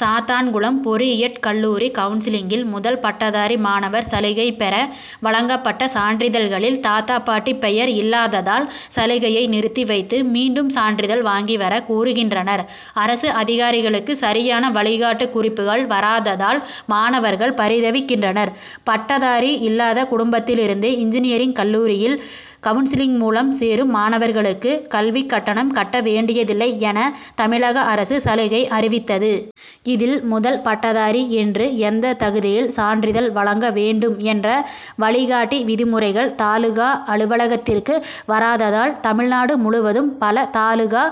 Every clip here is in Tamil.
சாத்தான்குளம் பொறியியற் கல்லூரி கவுன்சிலிங்கில் முதல்பட்டதாரி மாணவர் சலுகை பெற வழங்கப்பட்ட சான்றிதழ்களில் தாத்தா பாட்டி பெயர் இல்லாததால் சலுகையை நிறுத்தி வைத்து மீண்டும் சான்றிதழ் வாங்கி வர கூறுகின்றனர். அரசு அதிகாரிகளுக்கு சரியான வழிகாட்டு குறிப்புகள் வராததால் மாணவர்கள் பரிதவிக்கின்றனர். பட்டதாரி இல்லாத குடும்பத்திலிருந்து இன்ஜினியரிங் கல்லூரியில் கவுன்சிலிங் மூலம் சேரும் மாணவர்களுக்கு கல்விக் கட்டணம் கட்ட வேண்டியதில்லை என தமிழக அரசு சலுகை அறிவித்தது. இதில் முதல் பட்டதாரி என்று எந்தத் தகுதியில் சான்றிதழ் வழங்க வேண்டும் என்ற வழிகாட்டி விதிமுறைகள் தாலுகா அலுவலகத்திற்கு வராததால் தமிழ்நாடு முழுவதும் பல தாலுகா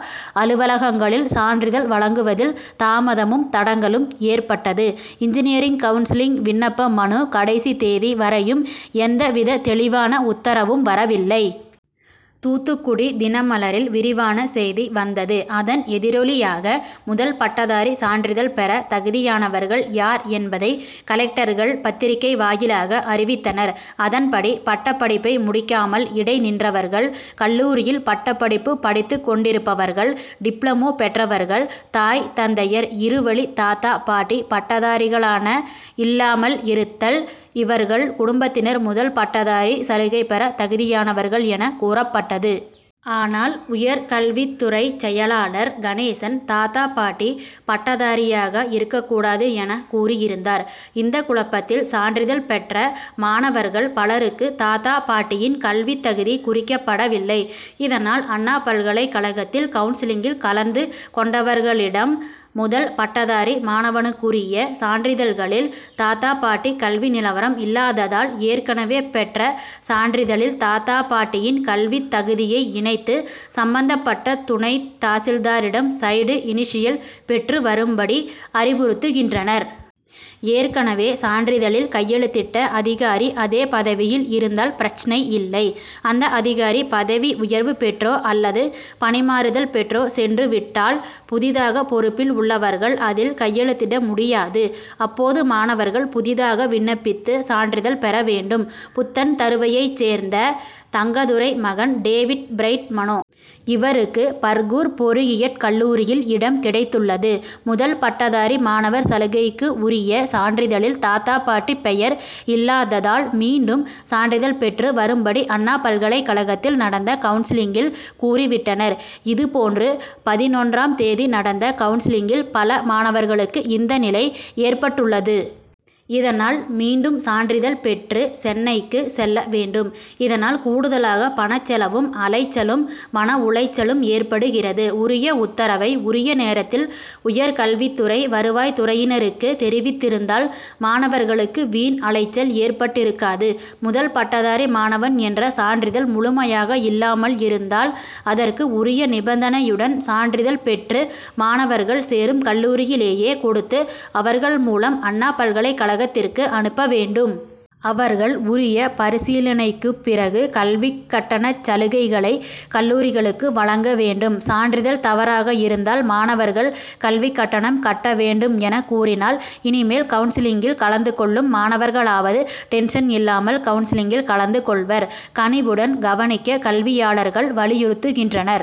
அலுவலகங்களில் சான்றிதழ் வழங்குவதில் தாமதமும் தடங்கலும் ஏற்பட்டது. இஞ்ஜினியரிங் கவுன்சிலிங் விண்ணப்ப மனு கடைசி தேதி வரையும் எந்தவித தெளிவான உத்தரவும் வரவில்லை. தூத்துக்குடி தினமலரில் விரிவான செய்தி வந்தது. அதன் எதிரொலியாக முதல்பட்டதாரி சான்றிதழ் பெற தகுதியானவர்கள் யார் என்பதை கலெக்டர்கள் பத்திரிகை வாயிலாக அறிவித்தனர். அதன் படி பட்டப்படிப்பை முடிக்காமல் இடை நின்றவர்கள், கல்லூரியில் பட்டப்படிப்பு படித்து கொண்டிருப்பவர்கள், டிப்ளமோ பெற்றவர்கள், தாய் தந்தையர் இருவழி தாத்தா பாட்டி பட்டதாரிகளான இல்லாமல் இருத்தல் இவர்கள் குடும்பத்தினர் முதல் பட்டதாரி சலுகை பெறத் தகுதியானவர்கள் என கூறப்பட்டது. ஆனால் உயர்கல்வித்துறைச் செயலாளர் கணேசன் தாத்தா, பாட்டி பட்டதாரியாக இருக்கக்கூடாது என கூறியிருந்தார். இந்த குழப்பத்தில் சான்றிதழ் பெற்ற மாணவர்கள் பலருக்கு தாத்தா பாட்டியின் கல்வித்தகுதி குறிக்கப்படவில்லை. இதனால் அண்ணா பல்கலைக் கழகத்தில் கவுன்சிலிங்கில் கலந்து கொண்டவர்களிடம் முதல் பட்டதாரி மாணவனுக்குரிய சான்றிதழ்களில் தாத்தா பாட்டி கல்வி நிலவரம் இல்லாததால் ஏற்கனவே பெற்ற சான்றிதழில் தாத்தா பாட்டியின் கல்வித் தகுதியை இணைத்து சம்பந்தப்பட்ட துணைத் தாசில்தாரிடம் சைடு இனிஷியல் பெற்றுவரும் படி அறிவுறுத்துகின்றனர். ஏற்கனவே சான்றிதழில் கையெழுத்திட்ட அதிகாரி அதே பதவியில் இருந்தால் பிரச்னை இல்லை. அந்த அதிகாரி பதவி உயர்வு பெற்றோ அல்லது பணிமாறுதல் பெற்றோ சென்று விட்டால் புதிதாக பொறுப்பில் உள்ளவர்கள் அதில் கையெழுத்திட முடியாது. அப்போது மாணவர்கள் புதிதாக விண்ணப்பித்து சான்றிதழ் பெற வேண்டும். புத்தன்தருவையைச் சேர்ந்த தங்கத்துரை மகன் டேவிட் பிரைட் மனோ. இவருக்கு பர்கூர் பொறியியற் கல்லூரியில் இடம் கிடைத்துள்ளது. முதல் பட்டதாரி மாணவர் சலுகைக்கு உரிய சான்றிதழில் தாத்தா பாட்டி பெயர் இல்லாததால் மீண்டும் சான்றிதழ் பெற்று வரும்படி அண்ணா பல்கலைக்கழகத்தில் நடந்த கவுன்சிலிங்கில் கூறி விட்டனர். இதுபோன்று பதினொன்றாம் தேதி நடந்த கவுன்சிலிங்கில் பல மாணவர்களுக்கு இந்த நிலை ஏற்பட்டுள்ளது. இதனால் மீண்டும் சான்றிதழ் பெற்று சென்னைக்கு செல்ல வேண்டும். இதனால் கூடுதலாக பணச் செலவும் அலைச்சலும், மன உளைச்சலும் ஏற்படுகிறது. உரிய உத்தரவை உரிய நேரத்தில் உயர் கல்வித்துறை வருவாய்த்துறையினருக்கு தெரிவித்திருந்தால் மாணவர்களுக்கு வீண் அலைச்சல் ஏற்பட்டிருக்காது. முதல் பட்டதாரி மாணவன் என்ற சான்றிதழ் முழுமையாக இல்லாமல் இருந்தால் அதற்கு உரிய நிபந்தனையுடன் சான்றிதழ் பெற்று மாணவர்கள் சேரும் கல்லூரியிலேயே கொடுத்து அவர்கள் மூலம் அண்ணா பல்கலைக்கழகத்திற்கு அனுப்ப வேண்டும். அவர்கள் உரிய பரிசீலனைக்குப் பிறகு கல்விக் கட்டணச் சலுகைகளை கல்லூரிகளுக்கு வழங்க வேண்டும். சான்றிதழ் தவறாக இருந்தால் மாணவர்கள் கல்விக்கட்டணம் கட்ட வேண்டும் என கூறினால் இனிமேல் கவுன்சிலிங்கில் கலந்து கொள்ளும் மாணவர்களாவது டென்ஷன் இல்லாமல் கவுன்சிலிங்கில் கலந்து கொள்வர். கனிவுடன் கவனிக்க கல்வியாளர்கள் வலியுறுத்துகின்றனர்.